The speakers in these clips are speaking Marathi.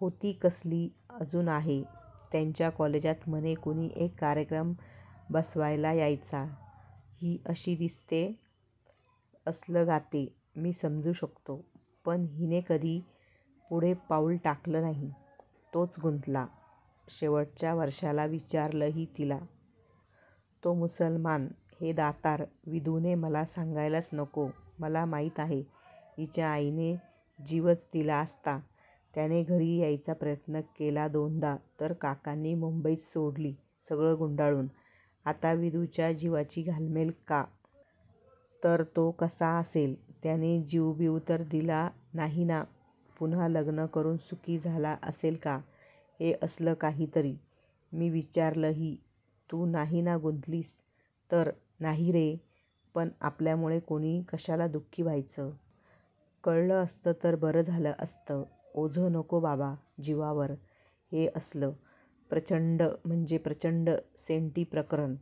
होती कसली, अजून आहे. त्यांच्या कॉलेजात म्हणे कुणी एक कार्यक्रम बसवायला यायचा. ही अशी दिसते, असलं गाते, मी समजू शकतो. पण हिने कधी पुढे पाऊल टाकलं नाही, तोच गुंतला. शेवटच्या वर्षाला विचारलंही तिला. तो मुसलमान, हे दातार. विदूने मला सांगायलाच नको, मला माहीत आहे, हिच्या आईने जीवच दिला असता. त्याने घरी यायचा प्रयत्न केला दोनदा तर काकांनी मुंबईच सोडली सगळं गुंडाळून. आता विदूच्या जीवाची घालमेल का? तर, तो कसा असेल? त्याने जीव-बीव तर दिला नाही ना? पुन्हा लग्न करून सुखी झाला असेल का? हे असलं काही तरी. मी विचारलंही तू नाही ना गुंतलीस? तर, 'नाही रे. पण आपल्यामुळे कोणी कशाला दु:खी व्हायचं? कळलं असतं तर बरं झालं असतं. ओझं नको बाबा जीवावर! ' हे असलं! प्रच्चंड म्हणजे प्रच्चंड सेंटी प्रकर्णं!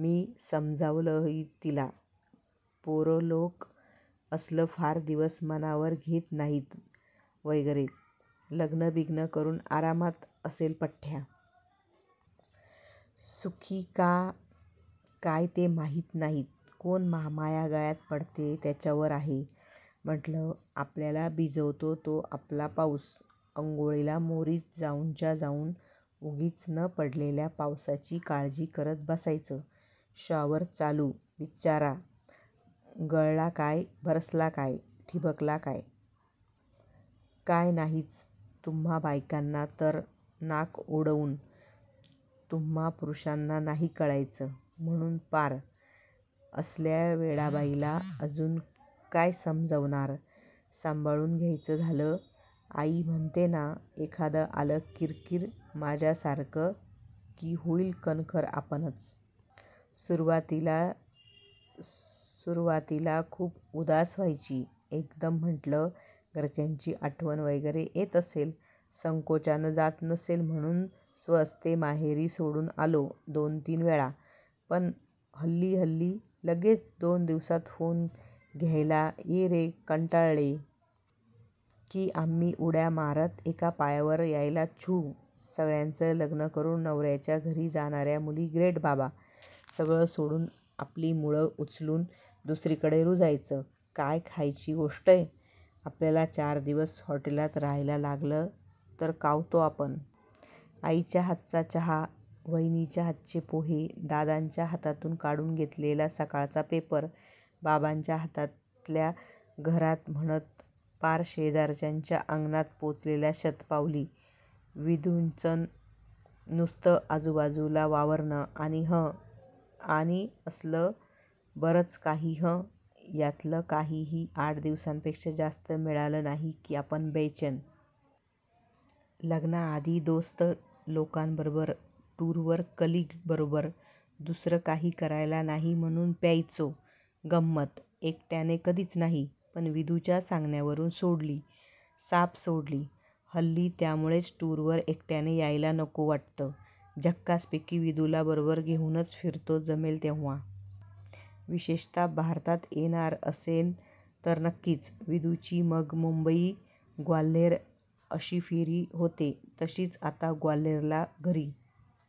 मी समजावलंही तिला. पोरं लोक असलं फार दिवस मनावर घेत नाहीत वगैरे. लग्नं बिग्नं करून आरामात असेल पठ्ठ्या. सुखी का काय ते माहीत नाही. कोण महामाया गळ्यात पडते त्याच्यावर आहे. म्हटलं, आपल्याला भिजवतो तो आपला पाऊस. आंघोळीला मोरीत जाऊनच्या जाऊन उगीच न पडलेल्या पावसाची काळजी करत बसायचं. शॉवर चालू बिच्चारा, गळला काय, बरसला काय, ठिबकला काय? काय नाहीच तुम्हा बायकांना. तर नाक उडवून "तुम्हा पुरुषांना नाही कळायचं" म्हणून पार! असल्या वेडाबाईला अजून काय समजावणार? संभाळून घ्यायचं झालं. आई म्हणते ना, एखादं आलं किरकिरं माझ्या सारखं की होईल कणखर आपणंच. सुरुवातीला सुरुवातीला खूप उदास व्हायची एकदम. म्हटलं, घरच्यांची आठवण वगैरे येत असेल, संकोचानं जात नसेल म्हणून स्वहस्ते माहेरी सोडून आलो दोन-तीन वेळा. पण हल्ली हल्ली लग्गेच दोन दिवसात फोन! "घायला ये रे, कंटाळले". की आम्ही उड्या मारत एका पायावर आणायला छू सगळ्याच लग्नं करून नवयाच्या घरी जाणाया मुली ग्रेट बाबा. सगळं सोडून आपली मुळं उचलून दुसरीकडे रुजायचं. काय खायची गोष्टंय? आपल्याला चार दिवस हॉटेलात रहायला लागलं तर कावतो आपण. आईच्या हातचा चहा, वहिनीच्य हातचे पोहे, दादाच्या हातातून काढून घेतलेला सकाळचा पेपर, बाबांच्या घरातल्या घरात म्हणत पार शेजारच्यांच्या अंगणात पोचलेल्या शतपावली, विदूचंन नुसतं आजूबाजूला वावरणं आणि हं! आणि असलं बरंच काही. हॅ. यातलं काहीही आठ दिवसांपेक्षा जास्त मिळालं नाही की आपण बेचैन. लग्नाआधी दोस्त लोकांबरोबर, टुरवर कलीग बरोबर, दुसरं काही करायला नाही म्हणुन प्यायचो, गंम्मत! एकट्याने कधीच नाही. पण विदूच्या सांगण्यावरून सोडली. साफ सोडली. हल्ली त्यामुळेच टूरवर एकट्याने यायला नको वाटतं झक्कासपैकी विदूला बरोबर घेऊनच फिरतो जमेल तेव्हा. विशेषत: भारतात येणार असेन तर नक्कीच. विदुची मग मुंबई, ग्वाल्हेर अशी फेरी होते. तशीच आता ग्वाल्हेरला घरी--